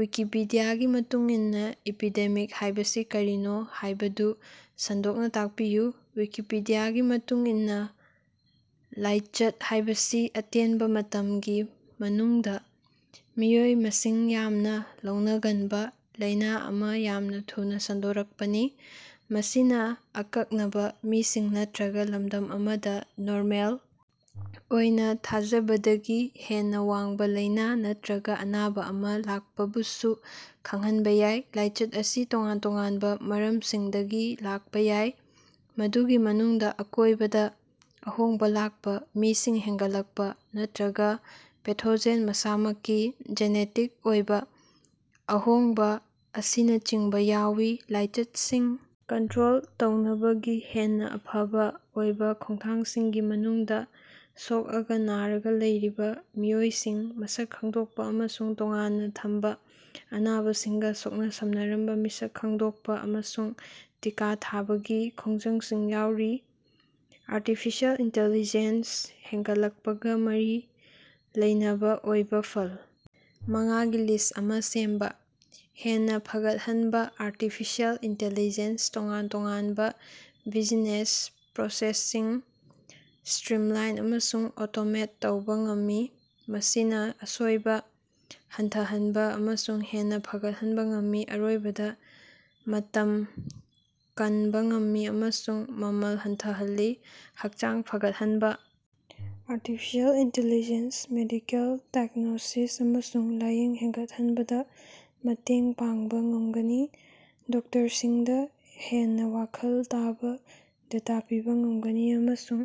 ꯋꯤꯀꯤꯄꯤꯗꯤꯌꯥꯒꯤ ꯃꯇꯨꯡ ꯏꯟꯅ "ꯏꯄꯤꯗꯦꯃꯤꯛ" ꯍꯥꯏꯕꯁꯤ ꯀꯔꯤꯅꯣ ꯍꯥꯌꯕꯗꯨ ꯁꯟꯗꯣꯛꯅꯥ ꯇꯥꯛꯄꯤꯌꯨ꯫ ꯋꯤꯀꯤꯄꯤꯗꯤꯌꯥꯒꯤ ꯃꯇꯨꯡ ꯏꯟꯅ ꯂꯥꯏꯆꯠ ꯍꯥꯢꯕꯁꯤ ꯑꯇꯦꯟꯕ ꯃꯇꯝꯒꯤ ꯃꯅꯨꯡꯗ ꯃꯤꯑꯣꯏ ꯃꯁꯤꯡ ꯌꯥꯝꯅ ꯂꯧꯅꯒꯟꯕ ꯂꯥꯢꯅ ꯑꯃ ꯌꯥꯝꯅ ꯊꯨꯅꯥ ꯁꯟꯗꯣꯔꯛꯄꯅꯤ꯫ ꯃꯁꯤꯅ ꯑꯀꯛꯅꯕ ꯃꯤꯁꯤꯡ ꯅꯠꯇ꯭ꯔꯒ ꯂꯝꯗꯝ ꯑꯃꯗ ꯅꯣꯔꯃꯦꯜ ꯑꯣꯏꯅ ꯊꯥꯖꯕꯗꯒꯤ ꯍꯦꯟꯅ ꯋꯥꯡꯕ ꯂꯥꯢꯅ ꯅꯠꯇ꯭ꯔꯒ ꯑꯅꯥꯕ ꯑꯃ ꯂꯥꯛꯄꯕꯨꯁꯨ ꯈꯪꯍꯟꯕ ꯌꯥꯏ꯫ ꯂꯥꯏꯆꯠ ꯑꯁꯤ ꯇꯣꯉꯥꯟ-ꯇꯣꯉꯥꯟꯕ ꯃꯔꯝꯁꯤꯡꯗꯒꯤ ꯂꯥꯛꯄꯥ ꯌꯥꯏ ꯃꯗꯨꯒꯤ ꯃꯅꯨꯡꯗ ꯑꯀꯣꯏꯕꯗ ꯑꯍꯣꯡꯕꯥ ꯂꯥꯛꯄ ꯃꯤꯁꯤꯡ ꯍꯦꯟꯒꯠꯂꯛꯄ ꯅꯠꯇ꯭ꯔꯒ ꯄꯦꯊꯣꯖꯦꯟ ꯃꯁꯥꯃꯛꯀꯤ ꯖꯤꯅꯦꯇꯤꯛ ꯑꯣꯏꯕ ꯑꯍꯣꯡꯕ ꯑꯁꯤꯅꯆꯤꯡꯕ ꯌꯥꯎꯏ꯫ ꯂꯥꯏꯆꯠꯁꯤꯡ ꯀꯟꯇ꯭ꯔꯣꯜ ꯇꯧꯅꯕꯒꯤ ꯍꯦꯟꯅ ꯑꯐꯕ ꯑꯣꯏꯕ ꯈꯣꯡꯊꯥꯡꯁꯤꯡꯒꯤ ꯃꯅꯨꯡꯗ ꯁꯣꯛꯑꯒ ꯅꯔꯒ ꯂꯩꯔꯕ ꯃꯤꯑꯣꯏꯁꯤꯡ ꯃꯁꯛ ꯈꯪꯗꯣꯛꯄ ꯑꯃꯁꯨꯡ ꯇꯣꯉꯥꯟꯅ ꯊꯝꯕ, ꯑꯅꯥꯕꯁꯤꯡꯒ ꯁꯣꯛꯅ ꯁꯝꯅꯔꯝꯕ ꯃꯤꯁꯤꯛ ꯈꯪꯗꯣꯛꯄ ꯑꯃꯁꯨꯡ ꯇꯤꯀꯥ ꯊꯥꯕꯒꯤ ꯈꯣꯡꯖꯪꯁꯤꯡ ꯌꯥꯎꯔꯤ꯫ ꯑꯥꯔꯇꯤꯐꯤꯁꯤꯑꯦꯜ ꯏꯟꯇꯤꯂꯤꯖꯦꯟꯁ ꯍꯦꯟꯒꯠꯂꯛꯄꯒ ꯃꯔꯤ ꯂꯩꯅꯕ ꯑꯣꯏꯕꯥ ꯐꯜ ꯃꯉꯥꯒꯤ ꯂꯤꯁ꯭ꯠ ꯑꯃꯥ ꯁꯦꯝꯕꯥ꯫ ꯍꯦꯟꯅ ꯐꯒꯠꯍꯟꯕꯥ: ꯑꯥꯔꯇꯤꯐꯤꯁꯤꯑꯦꯜ ꯏꯟꯇꯤꯂꯤꯖꯦꯟꯁ ꯇꯣꯉꯥꯟ ꯇꯣꯉꯥꯟꯕ ꯕꯤꯖꯤꯅꯦꯁ ꯄ꯭ꯔꯣꯁꯦꯁꯁꯤꯡ ꯁꯇ꯭ꯔꯤꯝꯂꯥꯏꯟ ꯑꯃꯁꯨꯡ ꯑꯣꯇꯣꯃꯦꯠ ꯇꯧꯕꯥ ꯉꯝꯃꯤ ꯃꯁꯤꯅ ꯑꯁꯣꯏꯕ ꯍꯟꯊꯍꯟꯕ ꯑꯃꯁꯨꯡ ꯍꯦꯟꯅ ꯐꯒꯠꯍꯟꯕ ꯉꯝꯃꯤ ꯑꯔꯣꯏꯕꯗ ꯃꯇꯝ ꯀꯟꯕ ꯉꯝꯃꯤ ꯑꯃꯁꯨꯡ ꯃꯃꯜ ꯍꯟꯊꯍꯜꯂꯤ꯫ ꯍꯛꯆꯥꯡ ꯐꯒꯠꯍꯟꯕꯥ: ꯑꯥꯔꯇꯤꯐꯤꯁꯤꯑꯦꯜ ꯏꯟꯇꯤꯂꯤꯖꯦꯟꯁ ꯃꯦꯗꯤꯀꯦꯜ ꯗꯥꯏꯒ꯭ꯅꯣꯁꯤꯁ ꯑꯃꯁꯨꯡ ꯂꯥꯌꯦꯡ ꯍꯦꯟꯒꯠꯍꯟꯕꯗ ꯃꯇꯦꯡ ꯄꯥꯡꯕ ꯉꯝꯒꯅꯤ ꯗꯣꯛꯇꯔꯁꯤꯡꯗ ꯍꯦꯟꯅ ꯋꯥꯈꯜ ꯇꯥꯕ ꯗꯦꯇꯥ ꯄꯤꯕꯥ ꯉꯝꯒꯅꯤ ꯑꯃꯁꯨꯡ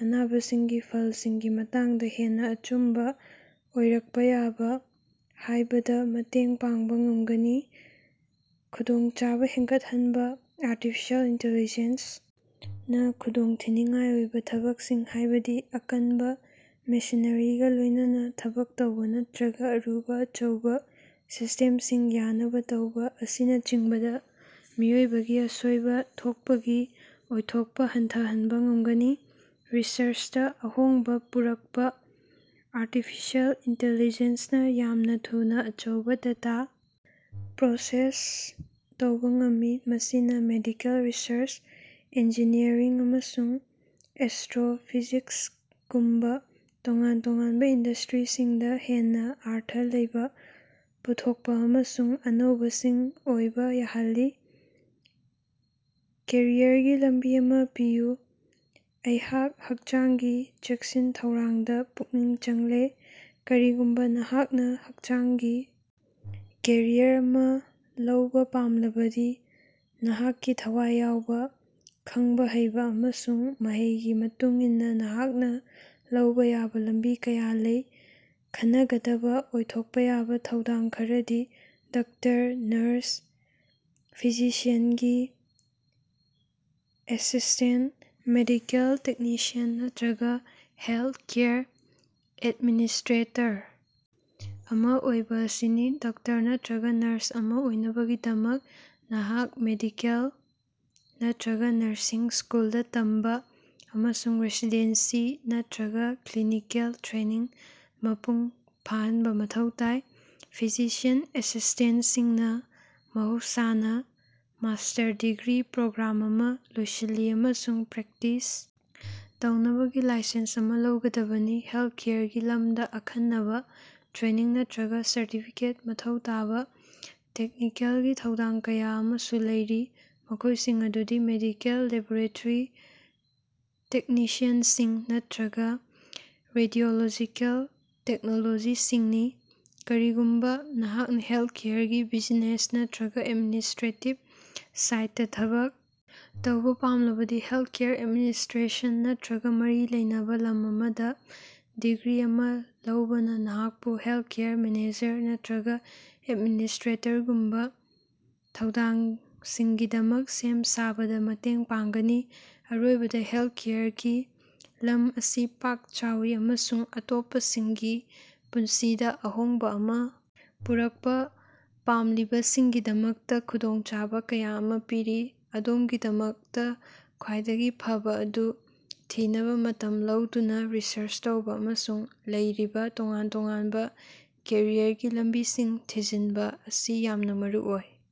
ꯑꯅꯥꯕꯁꯤꯡꯒꯤ ꯐꯜꯁꯤꯡꯒꯤ ꯃꯇꯥꯡꯗ ꯍꯦꯟꯅ ꯑꯆꯨꯝꯕ ꯑꯣꯏꯔꯛꯄ ꯌꯥꯕ ꯍꯥꯏꯕꯗ ꯃꯇꯦꯡ ꯄꯥꯡꯕ ꯉꯝꯒꯅꯤ꯫ ꯈꯨꯗꯣꯡꯆꯥꯕ ꯍꯦꯟꯒꯠꯍꯟꯕ: ꯑꯥꯔꯇꯤꯐꯤꯁꯤꯑꯦꯜ ꯏꯟꯇꯤꯂꯤꯖꯦꯟꯁ ꯅ ꯈꯨꯗꯣꯡꯊꯤꯅꯤꯡꯉꯥꯏ ꯑꯣꯏꯕ ꯊꯕꯛꯁꯤꯡ ꯍꯥꯢꯕꯗꯤ ꯑꯀꯟꯕ ꯃꯦꯁꯤꯅꯔꯤꯒ ꯂꯣꯢꯅꯅ ꯊꯕꯛ ꯇꯧꯕ ꯅꯠꯇ꯭ꯔꯒ ꯑꯔꯨꯕ ꯑꯆꯧꯕꯥ ꯁꯤꯁꯇꯦꯝꯁꯤꯡ ꯌꯥꯅꯕ ꯇꯧꯕ ꯑꯁꯤꯅꯆꯤꯡꯕꯗ ꯃꯤꯑꯣꯏꯕꯒꯤ ꯑꯁꯣꯏꯕ ꯊꯣꯛꯄꯒꯤ ꯑꯣꯏꯊꯣꯛꯄ ꯍꯟꯊꯍꯟꯕ ꯉꯝꯒꯅꯤ꯫ ꯔꯤꯁꯔꯆꯇꯥ ꯑꯍꯣꯡꯕꯥ ꯄꯨꯔꯛꯄꯥ: ꯑꯥꯔꯇꯤꯐꯤꯁꯤꯑꯦꯜ ꯏꯟꯇꯤꯂꯤꯖꯦꯟꯁ ꯅꯥ ꯌꯥꯝꯅ ꯊꯨꯅꯥ ꯑꯆꯧꯕꯥ ꯗꯦꯇꯥ ꯄ꯭ꯔꯣꯁꯦꯁ ꯇꯧꯕꯥ ꯉꯝꯃꯤ ꯃꯁꯤꯅ ꯃꯦꯗꯤꯀꯦꯜ ꯔꯤꯁꯔꯆ, ꯏꯟꯖꯤꯅꯤꯌꯔꯤꯡ ꯑꯃꯁꯨꯡ ꯑꯦꯁꯇ꯭ꯔꯣꯐꯤꯖꯤꯛꯁꯒꯨꯝꯕꯥ ꯇꯣꯉꯥꯟ ꯇꯣꯉꯥꯟꯕ ꯏꯟꯗꯁꯇ꯭ꯔꯤꯁꯤꯡꯗ ꯍꯦꯟꯅ ꯑꯔꯊ ꯂꯩꯕ ꯄꯨꯊꯣꯛꯄ ꯑꯃꯁꯨꯡ ꯑꯅꯧꯕꯁꯤꯡ ꯑꯣꯏꯕ ꯌꯥꯍꯜꯂꯤ꯫ ꯀꯦꯔꯤꯌꯔꯒꯤ ꯂꯝꯕꯤ ꯑꯃꯥ ꯄꯤꯌꯨ꯫ ꯑꯩꯍꯥꯛ ꯍꯛꯆꯥꯡꯒꯤ ꯆꯦꯛꯁꯤꯟ ꯊꯧꯔꯥꯡꯗ ꯄꯨꯛꯅꯤꯡ ꯆꯪꯂꯦ꯫ ꯀꯔꯤꯒꯨꯝꯕꯥ ꯅꯍꯥꯛꯅ ꯍꯛꯆꯥꯡꯒꯤ ꯀꯦꯔꯤꯌꯔ ꯑꯃ ꯂꯧꯕꯥ ꯄꯥꯝꯂꯕꯗꯤ ꯅꯍꯥꯛꯀꯤ ꯊꯋꯥꯏ ꯌꯥꯎꯕ, ꯈꯪꯕ ꯍꯩꯕ ꯑꯃꯁꯨꯡ ꯃꯍꯩꯒꯤ ꯃꯇꯨꯡ ꯏꯟꯅ ꯅꯍꯥꯛꯅ ꯂꯧꯕ ꯌꯥꯕ ꯂꯝꯕꯤ ꯀꯌꯥ ꯂꯩ꯫ ꯈꯟꯅꯒꯗꯕ ꯑꯣꯏꯊꯣꯛꯄ ꯌꯥꯕ ꯊꯧꯗꯥꯡ ꯈꯔꯗꯤ ꯗꯣꯛꯇꯔ, ꯅꯔꯁ, ꯐꯤꯖꯤꯁꯤꯌꯥꯟꯒꯤ ꯑꯦꯁꯤꯁ꯭ꯇꯦꯟꯇ, ꯃꯦꯗꯤꯀꯦꯜ ꯇꯦꯛꯅꯤꯁꯤꯌꯟ ꯅꯠꯇ꯭ꯔꯒ ꯍꯦꯂꯊꯀꯦꯌꯔ ꯑꯦꯗꯃꯤꯅꯤꯁ꯭ꯠꯔꯦꯇꯔ ꯑꯃ ꯑꯣꯏꯕ ꯑꯁꯤꯅꯤ꯫ ꯗꯣꯛꯇꯔ ꯅꯠꯇ꯭ꯔꯒ ꯅꯔꯁ ꯑꯃ ꯑꯣꯏꯅꯕꯒꯤꯗꯃꯛ ꯅꯍꯥꯛ ꯃꯦꯗꯤꯀꯦꯜ ꯅꯠꯇ꯭ꯔꯒ ꯅꯔꯁꯤꯡ ꯁ꯭ꯀꯨꯜꯗ ꯇꯝꯕ ꯑꯃꯁꯨꯡ ꯔꯦꯁꯤꯗꯦꯟꯁꯤ ꯅꯠꯇ꯭ꯔꯒ ꯀ꯭ꯂꯤꯅꯤꯀꯦꯜ ꯇ꯭ꯔꯦꯅꯤꯡ ꯃꯄꯨꯡ ꯐꯥꯍꯟꯕ ꯃꯊꯧ ꯇꯥꯏ꯫ ꯐꯤꯖꯤꯁꯤꯌꯟ ꯑꯦꯁꯤꯁ꯭ꯇꯦꯟꯇꯁꯤꯡꯅ ꯃꯍꯧꯁꯥꯅ ꯃꯥꯁꯇꯔ ꯗꯤꯒ꯭ꯔꯤ ꯄ꯭ꯔꯣꯒ꯭ꯔꯥꯝ ꯑꯃ ꯂꯣꯏꯁꯤꯜꯂꯤ ꯑꯃꯁꯨꯡ ꯄ꯭ꯔꯦꯛꯇꯤꯁ ꯇꯧꯅꯕꯒꯤ ꯂꯥꯏꯁꯦꯟꯁ ꯑꯃꯥ ꯂꯧꯒꯗꯕꯅꯤ꯫ ꯍꯦꯜꯊꯀꯦꯌꯔꯒꯤ ꯂꯝꯗ ꯑꯈꯟꯅꯕ ꯇ꯭ꯔꯦꯅꯤꯡ ꯅꯠꯇ꯭ꯔꯒꯥ ꯁꯔꯇꯤꯐꯤꯀꯦꯠ ꯃꯊꯧ ꯇꯥꯕꯥ ꯇꯦꯛꯅꯤꯀꯦꯜꯒꯤ ꯊꯧꯗꯥꯡ ꯀꯌꯥ ꯑꯃꯁꯨ ꯂꯩꯔꯤ ꯃꯈꯣꯢꯁꯤꯡ ꯑꯗꯨꯗꯤ ꯃꯦꯗꯤꯀꯦꯜ ꯂꯦꯕꯣꯔꯦꯇꯔꯤ ꯇꯦꯛꯅꯤꯁꯤꯌꯟꯁꯤꯡ ꯅꯠꯇ꯭ꯔꯒꯥ ꯔꯦꯗꯤꯑꯣꯂꯣꯖꯤꯀꯦꯜ ꯇꯦꯛꯅꯣꯂꯣꯖꯤꯁꯁꯤꯡꯅꯤ꯫ ꯀꯔꯤꯒꯨꯝꯕꯥ ꯅꯍꯥꯛꯅ ꯍꯦꯜꯊꯀꯦꯌꯔꯒꯤ ꯕꯤꯖꯤꯅꯦꯁ ꯅꯠꯇ꯭ꯔꯒꯥ ꯑꯦꯗꯃꯤꯅꯤꯁꯇ꯭ꯔꯦꯇꯤꯕ ꯁꯥꯏꯗꯇꯥ ꯊꯕꯛ ꯇꯧꯕꯥ ꯄꯥꯝꯂꯕꯗꯤ ꯍꯦꯜꯊꯀꯦꯌꯔ ꯑꯦꯗꯃꯤꯅꯤꯁꯇ꯭ꯔꯦꯁꯟ ꯅꯠꯇ꯭ꯔꯒ ꯃꯔꯤ ꯂꯩꯅꯕ ꯂꯝ ꯑꯃꯗ ꯗꯤꯒ꯭ꯔꯤ ꯑꯃꯥ ꯂꯧꯕꯅ ꯅꯍꯥꯛꯄꯨ ꯍꯦꯜꯊꯀꯦꯌꯔ ꯃꯦꯅꯦꯖꯔ ꯅꯠꯇ꯭ꯔꯒꯥ ꯑꯦꯗꯃꯤꯅꯤꯁꯇ꯭ꯔꯦꯇꯔꯒꯨꯝꯕ ꯊꯧꯗꯥꯡꯁꯤꯡꯒꯤꯗꯃꯛ ꯁꯦꯝ ꯁꯥꯕꯗ ꯃꯇꯦꯡ ꯄꯥꯡꯒꯅꯤ꯫ ꯑꯔꯣꯏꯕꯗ ꯍꯦꯜꯊꯀꯦꯌꯔꯒꯤ ꯂꯝ ꯑꯁꯤ ꯄꯥꯛ ꯆꯥꯎꯏ ꯑꯃꯁꯨꯡ ꯑꯇꯣꯞꯄꯁꯤꯡꯒꯤ ꯄꯨꯟꯁꯤꯗ ꯑꯍꯣꯡꯕ ꯑꯃ ꯄꯨꯔꯛꯄ ꯄꯥꯝꯂꯤꯕꯁꯤꯡꯒꯤꯗꯃꯛꯇ ꯈꯨꯗꯣꯡꯆꯥꯕ ꯀꯌꯥ ꯑꯃ ꯄꯤꯔꯤ꯫ ꯑꯗꯣꯝꯒꯤꯗꯃꯛꯇ ꯈ꯭ꯋꯥꯏꯗꯒꯤ ꯐꯕꯥ ꯑꯗꯨ ꯊꯤꯅꯕ ꯃꯇꯝ ꯂꯧꯗꯨꯅꯥ ꯔꯤꯁꯔꯆ ꯇꯧꯕꯥ ꯑꯃꯁꯨꯡ ꯂꯩꯔꯤꯕꯥ ꯇꯣꯉꯥꯟ ꯇꯣꯉꯥꯟꯕ ꯀꯦꯔꯤꯌꯔꯒꯤ ꯂꯝꯕꯤꯁꯤꯡ ꯊꯤꯖꯤꯟꯕ ꯑꯁꯤ ꯌꯥꯝꯅ ꯃꯔꯨꯑꯣꯏ꯫